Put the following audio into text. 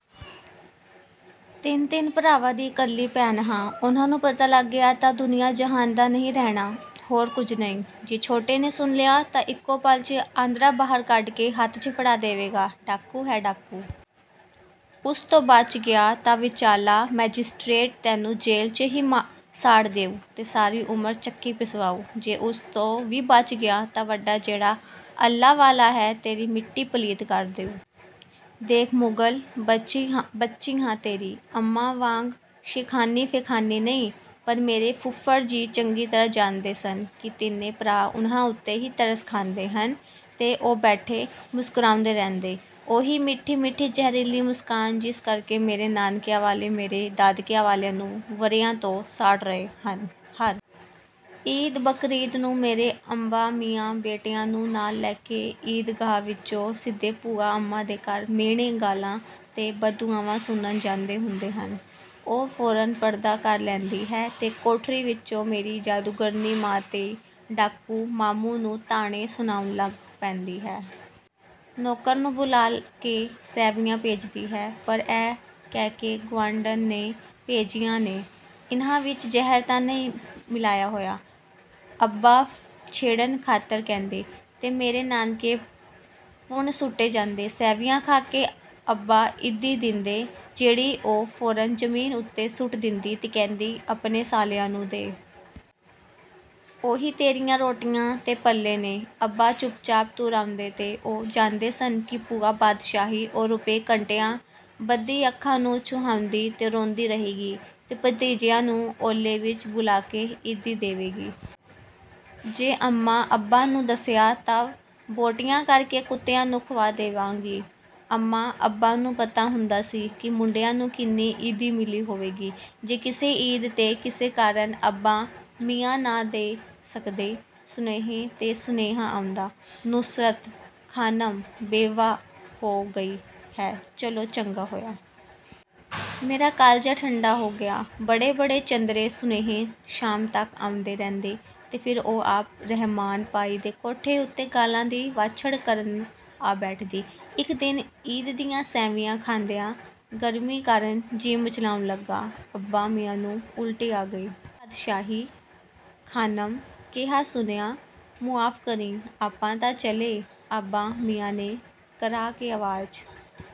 ਤਿੰਨ-ਤਿੰਨ ਭਰਾਵਾਂ ਦੀ ਇਕੱਲੀ ਭੈਣ ਹਾਂ। ਉਨ੍ਹਾਂ ਨੂੰ ਪਤਾ ਲੱਗ ਗਿਆ ਤਾਂ ਦੁਨੀਆਂ ਜਹਾਨ ਦਾ ਨਹੀਂ ਰਹਿਣਾ। ਹੋਰ ਕੁਝ ਨਹੀਂ। ਜੇ ਛੋਟੇ ਨੇ ਸੁਣ ਲਿਆ ਤਾਂ ਇੱਕੋ ਪਲ 'ਚ ਆਂਦਰਾਂ ਬਾਹਰ ਕੱਢ ਕੇ ਹੱਥ 'ਚ ਫੜਾ ਦੇਵੇਗਾ - ਡਾਕੂ ਹੈ ਡਾਕੂ। ਉਸ ਤੋਂ ਬਚ ਗਿਆ ਤਾਂ ਵਿਚਾਲਾ ਮੈਜਿਸਟਰੇਟ ਤੈਨੂੰ ਜੇਲ 'ਚ ਹੀ ਸਾੜ ਦੇਊ ਤੇ ਸਾਰੀ ਉਮਰ ਚੱਕੀ ਪਿਸਵਾਊ। ਜੇ ਉਸ ਤੋਂ ਵੀ ਬਚ ਗਿਆ ਤਾਂ ਵੱਡਾ ਜਿਹੜਾ ਅੱਲ੍ਹਾ ਵਾਲਾ ਹੈ, ਤੇਰੀ ਮਿੱਟੀ ਪਲੀਤ ਕਰ ਦੇਊ। ਦੇਖ ਮੁਗ਼ਲ ਬੱਚੀ ਹਾਂ ਤੇਰੀ ਅੰਮਾਂ ਵਾਂਗ ਸ਼ੇਖਾਨੀ-ਫੇਖਾਨੀ ਨਹੀਂ।"ਪਰ ਮੇਰੇ ਫੁੱਫੜ ਜੀ ਚੰਗੀ ਤਰ੍ਹਾਂ ਜਾਣਦੇ ਸਨ ਕਿ ਤਿੰਨੇ ਭਰਾ ਉਨ੍ਹਾਂ ਉੱਤੇ ਹੀ ਤਰਸ ਖਾਂਦੇ ਹਨ ਤੇ ਉਹ ਬੈਠੇ ਮੁਸਕਰਾਉਂਦੇ ਰਹਿੰਦੇ। ਉਹੀ ਮਿੱਠੀ-ਮਿੱਠੀ ਜ਼ਹਿਰੀਲੀ ਮੁਸਕਾਨ ਜਿਸ ਕਰਕੇ ਮੇਰੇ ਨਾਨਕਿਆਂ ਵਾਲੇ ਮੇਰੇ ਦਾਦਕਿਆਂ ਵਾਲਿਆਂ ਨੂੰ ਵਰ੍ਹਿਆਂ ਤੋਂ ਸਾੜ ਰਹੇ ਹਨ। ਹਰ ਈਦ ਬਕਰੀਦ ਨੂੰ ਮੇਰੇ ਅੱਬਾ ਮੀਆਂ ਬੇਟਿਆਂ ਨੂੰ ਨਾਲ ਲੈ ਕੇ ਈਦਗਾਹ ਵਿੱਚੋਂ ਸਿੱਧੇ ਭੂਆ ਅੰਮਾਂ ਦੇ ਘਰ ਮਿਹਣੇ, ਗਾਲ੍ਹਾਂ ਤੇ ਬਦਦੁਆਵਾਂ ਸੁਣਨ ਜਾਂਦੇ ਹੁੰਦੇ ਹਨ। ਉਹ ਫੌਰਨ ਪਰਦਾ ਕਰ ਲੈਂਦੀ ਹੈ ਤੇ ਕੋਠੜੀ ਵਿੱਚੋਂ ਮੇਰੀ ਜਾਦੂਗਰਨੀ ਮਾਂ ਤੇ ਡਾਕੂ ਮਾਮੂ ਨੂੰ ਤਾਣੇ ਸੁਣਾਉਣ ਲੱਗ ਪੈਂਦੀ ਹੈ। ਨੌਕਰ ਨੂੰ ਬੁਲਾ ਕੇ ਸੈਵੀਆਂ ਭੇਜਦੀ ਹੈ ਪਰ ਇਹ ਕਹਿ ਕੇ ''ਗੁਆਂਢਣ ਨੇ ਭੇਜੀਆਂ ਨੇ।"''ਇਨ੍ਹਾਂ ਵਿੱਚ ਜ਼ਹਿਰ ਤਾਂ ਨਹੀਂ ਮਿਲਾਇਆ ਹੋਇਆ'' ਅੱਬਾ ਛੇੜਨ ਖ਼ਾਤਰ ਕਹਿੰਦੇ। ਤੇ ਮੇਰੇ ਨਾਨਕੇ ਪੁਣ ਸੁੱਟੇ ਜਾਂਦੇ। ਸੈਵੀਆਂ ਖਾ ਕੇ ਅੱਬਾ ਈਦੀ ਦਿੰਦੇ, ਜਿਹੜੀ ਉਹ ਫੌਰਨ ਜ਼ਮੀਨ ਉੱਤੇ ਸੁੱਟ ਦਿੰਦੀ ਤੇ ਕਹਿੰਦੀ, ''ਆਪਣੇ ਸਾਲਿਆਂ ਨੂੰ ਦੇ। ਉਹੀ ਤੇਰੀਆਂ ਰੋਟੀਆਂ 'ਤੇ ਪਲੇ ਨੇ।'' ਅੱਬਾ ਚੁੱਪਚਾਪ ਤੁਰ ਆਉਂਦੇ ਤੇ ਉਹ ਜਾਣਦੇ ਸਨ ਕਿ ਭੂਆ ਬਾਦਸ਼ਾਹੀ ਉਹ ਰੁਪਏ ਘੰਟਿਆਂ ਬੱਧੀ ਅੱਖਾਂ ਨੂੰ ਛੁਹਾਉਂਦੀ ਤੇ ਰੋਂਦੀ ਰਹੇਗੀ ਤੇ ਭਤੀਜਿਆਂ ਨੂੰ ਓਹਲੇ ਵਿੱਚ ਬੁਲਾ ਕੇ ਈਦੀ ਦੇਵੇਗੀ। ''ਜੇ ਅੰਮਾਂ-ਅੱਬਾ ਨੂੰ ਦੱਸਿਆ ਤਾਂ ਬੋਟੀਆਂ ਕਰ ਕੇ ਕੁੱਤਿਆਂ ਨੂੰ ਖੁਆ ਦੇਵਾਂਗੀ।" ਅੰਮਾਂ-ਅੱਬਾ ਨੂੰ ਪਤਾ ਹੁੰਦਾ ਸੀ ਕਿ ਮੁੰਡਿਆਂ ਨੂੰ ਕਿੰਨੀ ਈਦੀ ਮਿਲੀ ਹੋਵੇਗੀ। ਜੇ ਕਿਸੇ ਈਦ 'ਤੇ ਕਿਸੇ ਕਾਰਨ ਅੱਬਾ ਮੀਆਂ ਨਾ ਜਾ ਸਕਦੇ, ਸੁਨੇਹੇ 'ਤੇ ਸੁਨੇਹਾ ਆਉਂਦਾ, ''ਨੁਸਰਤ ਖ਼ਾਨਮ ਬੇਵਾ ਹੋ ਗਈ ਹੈ, ਚਲੋ ਚੰਗਾ ਹੋਇਆ। ਮੇਰਾ ਕਾਲਜਾ ਠੰਢਾ ਹੋ ਗਿਆ।" ਬੜੇ-ਬੜੇ ਚੰਦਰੇ ਸੁਨੇਹੇ ਸ਼ਾਮ ਤੱਕ ਆਉਂਦੇ ਰਹਿੰਦੇ ਤੇ ਫਿਰ ਉਹ ਆਪ ਰਹਿਮਾਨ ਭਾਈ ਦੇ ਕੋਠੇ ਉੱਤੋਂ ਗਾਲ੍ਹਾਂ ਦੀ ਵਾਛੜ ਕਰਨ ਆ ਬੈਠਦੀ। ਇੱਕ ਦਿਨ ਈਦ ਦੀਆਂ ਸੈਵੀਆਂ ਖਾਂਦਿਆਂ ਗਰਮੀ ਕਾਰਨ ਜੀਅ ਮਿਚਲਾਉਣ ਲੱਗਾ, ਅੱਬਾ ਮੀਆਂ ਨੂੰ ਉਲਟੀ ਆ ਗਈ। ''ਲੈ ਬਾਦਸ਼ਾਹੀ ਖ਼ਾਨਮ, ਕਿਹਾ ਸੁਣਿਆ ਮੁਆਫ਼ ਕਰੀਂ - ਆਪਾਂ ਤਾਂ ਚੱਲੇ।" ਅੱਬਾ ਮੀਆਂ ਨੇ ਕਰਾਹ ਕੇ ਆਵਾਜ਼